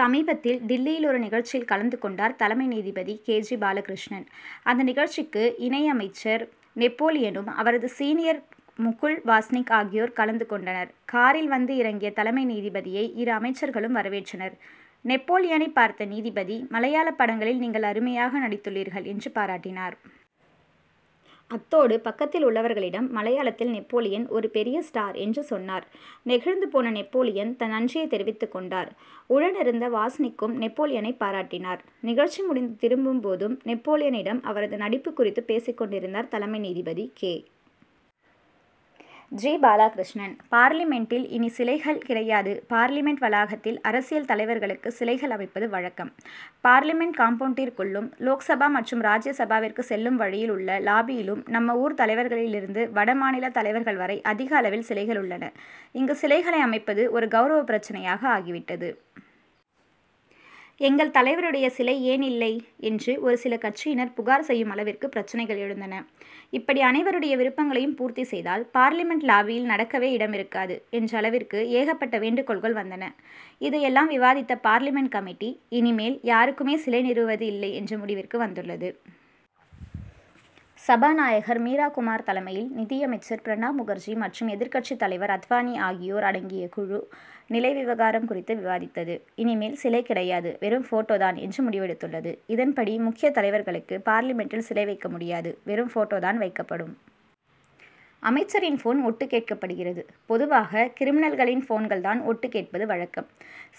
சமீபத்தில் டில்லியில் ஒரு நிகழ்ச்சியில் கலந்து கொண்டார் தலைமை நீதிபதி கே. ஜி. பாலகிருஷ்ணன். அந்த நிகழ்ச்சிக்கு இணை அமைச்சர் நெப்போலியனும், அவரது சீனியர் முகுல் வாஸ்னிக் ஆகியோர் கலந்து கொண்டனர். காரில் வந்து இறங்கிய தலைமை நீதிபதியை இரு அமைச்சர்களும் வரவேற்றனர். நெப்போலியனைப் பார்த்த நீதிபதி, மலையாளப் படங்களில் நீங்கள் அருமையாக நடித்துள்ளீர்கள் என்று பாராட்டினார். அத்தோடு பக்கத்தில் உள்ளவர்களிடம் மலையாளத்தில் நெப்போலியன் ஒரு பெரிய ஸ்டார் என்று சொன்னார். நெகிழ்ந்து போன நெப்போலியன், தன் நன்றியைத் தெரிவித்துக் கொண்டார். உடன் இருந்த வாஸ்னிக்கும் நெப்போலியனைப் பாராட்டினார். நிகழ்ச்சி முடிந்து திரும்பும் போதும் நெப்போலியனிடம் அவரது நடிப்பு குறித்து பேசிக் கொண்டிருந்தார் தலைமை நீதிபதி கே. ஜி. பாலாகிருஷ்ணன். பார்லிமென்ட்டில் இனி சிலைகள் கிடையாதுபார்லிமென்ட் வளாகத்தில் அரசியல் தலைவர்களுக்கு சிலைகள் அமைப்பது வழக்கம். பார்லிமென்ட் காம்பவுன்டிற்குள்ளும், லோக்சபா மற்றும் ராஜ்ய சபாவிற்கு செல்லும் வழியில் உள்ள லாபியிலும் நம்ம ஊர் தலைவர்களிலிருந்து வடமாநில தலைவர்கள் வரை அதிக அளவில் சிலைகள் உள்ளன. இங்கு சிலைகளை அமைப்பது ஒரு கவுரவப் பிரச்னையாக ஆகிவிட்டது. எங்கள் தலைவருடைய சிலை ஏன் இல்லை' என்று ஒரு சில கட்சியினர் புகார் செய்யும் அளவிற்கு பிரச்னைகள் எழுந்தன. இப்படி அனைவருடைய விருப்பங்களையும் பூர்த்தி செய்தால், பார்லிமென்ட் லாபியில் நடக்கவே இடம் இருக்காது என்ற அளவிற்கு ஏகப்பட்ட வேண்டுகோள்கள் வந்தன. இதையெல்லாம் விவாதித்த பார்லிமென்ட் கமிட்டி, இனிமேல் யாருக்குமே சிலை நிறுவுவது இல்லை என்ற முடிவிற்கு வந்துள்ளது. சபாநாயகர் மீரா குமார் தலைமையில், நிதியமைச்சர் பிரணாப் முகர்ஜி மற்றும் எதிர்க்கட்சித் தலைவர் அத்வானி ஆகியோர் அடங்கிய குழு நிலை விவகாரம் குறித்து விவாதித்தது. இனிமேல் சிலை கிடையாது, வெறும் போட்டோ தான்' என்று முடிவெடுத்துள்ளது. இதன்படி, முக்கிய தலைவர்களுக்கு பார்லிமென்ட்டில் சிலை வைக்க முடியாது, வெறும் போட்டோ தான் வைக்கப்படும். அமைச்சரின் போன் ஒட்டுக் கேட்கப்படுகிறது? பொதுவாக கிரிமினல்களின் போன்கள் தான் ஒட்டுக் கேட்பது வழக்கம்.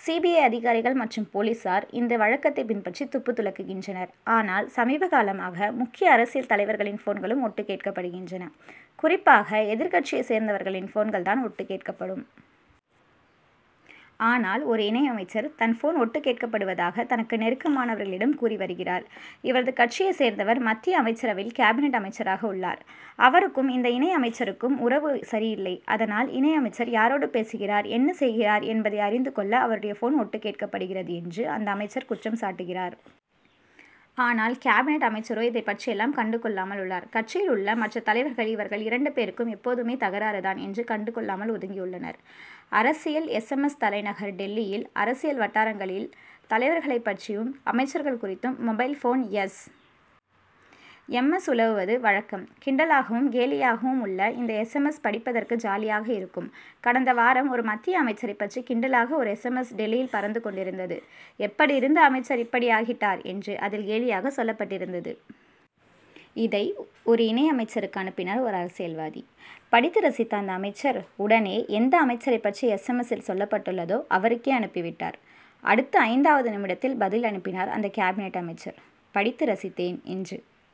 சி. பி. ஐ. அதிகாரிகள் மற்றும் போலீசார் இந்த வழக்கத்தைப் பின்பற்றி துப்பு துலக்குகின்றனர். ஆனால், சமீபகாலமாக முக்கிய அரசியல் தலைவர்களின் போன்களும் ஒட்டுக் கேட்கப்படுகின்றன. குறிப்பாக, எதிர்க்கட்சியைச் சேர்ந்தவர்களின் போன்கள் தான் ஒட்டுக் கேட்கப்படும். ஆனால், ஒரு இணை அமைச்சர், தன் போன் ஒட்டுக் கேட்கப்படுவதாக தனக்கு நெருக்கமானவர்களிடம் கூறி வருகிறார். இவரது கட்சியைச் சேர்ந்தவர் மத்திய அமைச்சரவையில் கேபினட் அமைச்சராக உள்ளார். அவருக்கும் இந்த இணை அமைச்சருக்கும் உறவு சரியில்லை. அதனால், இணை அமைச்சர் யாரோடு பேசுகிறார்? என்ன செய்கிறார் என்பதை அறிந்து கொள்ள அவருடைய போன் ஒட்டுக் கேட்கப்படுகிறது என்று அந்த அமைச்சர் குற்றம் சாட்டுகிறார். ஆனால், கேபினட் அமைச்சரோ இதைப் பற்றியெல்லாம் கண்டு கொள்ளாமல் உள்ளார். கட்சியில் உள்ள மற்ற தலைவர்கள், இவர்கள் இரண்டு பேருக்கும் எப்போதுமே தகராறு தான் என்று கண்டுகொள்ளாமல் ஒதுங்கியுள்ளனர். அரசியல் எஸ். எம். எஸ்.,தலைநகர் டில்லியில் அரசியல் வட்டாரங்களில் தலைவர்களைப் பற்றியும் அமைச்சர்கள் குறித்தும் mobile phone S. M. S., உலவுவது வழக்கம். கிண்டலாகவும், கேலியாகவும் உள்ள இந்த எஸ். எம். எஸ்., படிப்பதற்கு ஜாலியாக இருக்கும். கடந்த வாரம் ஒரு மத்திய அமைச்சரைப் பற்றி கிண்டலாக ஒரு எஸ். எம். எஸ்., டில்லியில் பறந்து கொண்டிருந்தது. எப்படியிருந்த அமைச்சர் இப்படி ஆகிவிட்டார் என்று அதில் கேலியாக சொல்லப்பட்டிருந்தது. இதை ஒரு இணை அமைச்சருக்கு அனுப்பினார் ஒரு அரசியல்வாதி. படித்து ரசித்த அந்த அமைச்சர் உடனே, எந்த அமைச்சரைப் பற்றி எஸ். எம். எஸ்.,சில் சொல்லப்பட்டுள்ளதோ அவருக்கே அனுப்பிவிட்டார். அடுத்து ஐந்தாவது நிமிடத்தில் பதில் அனுப்பினார் அந்த கேபினட் அமைச்சர், படித்து ரசித்தேன் என்று.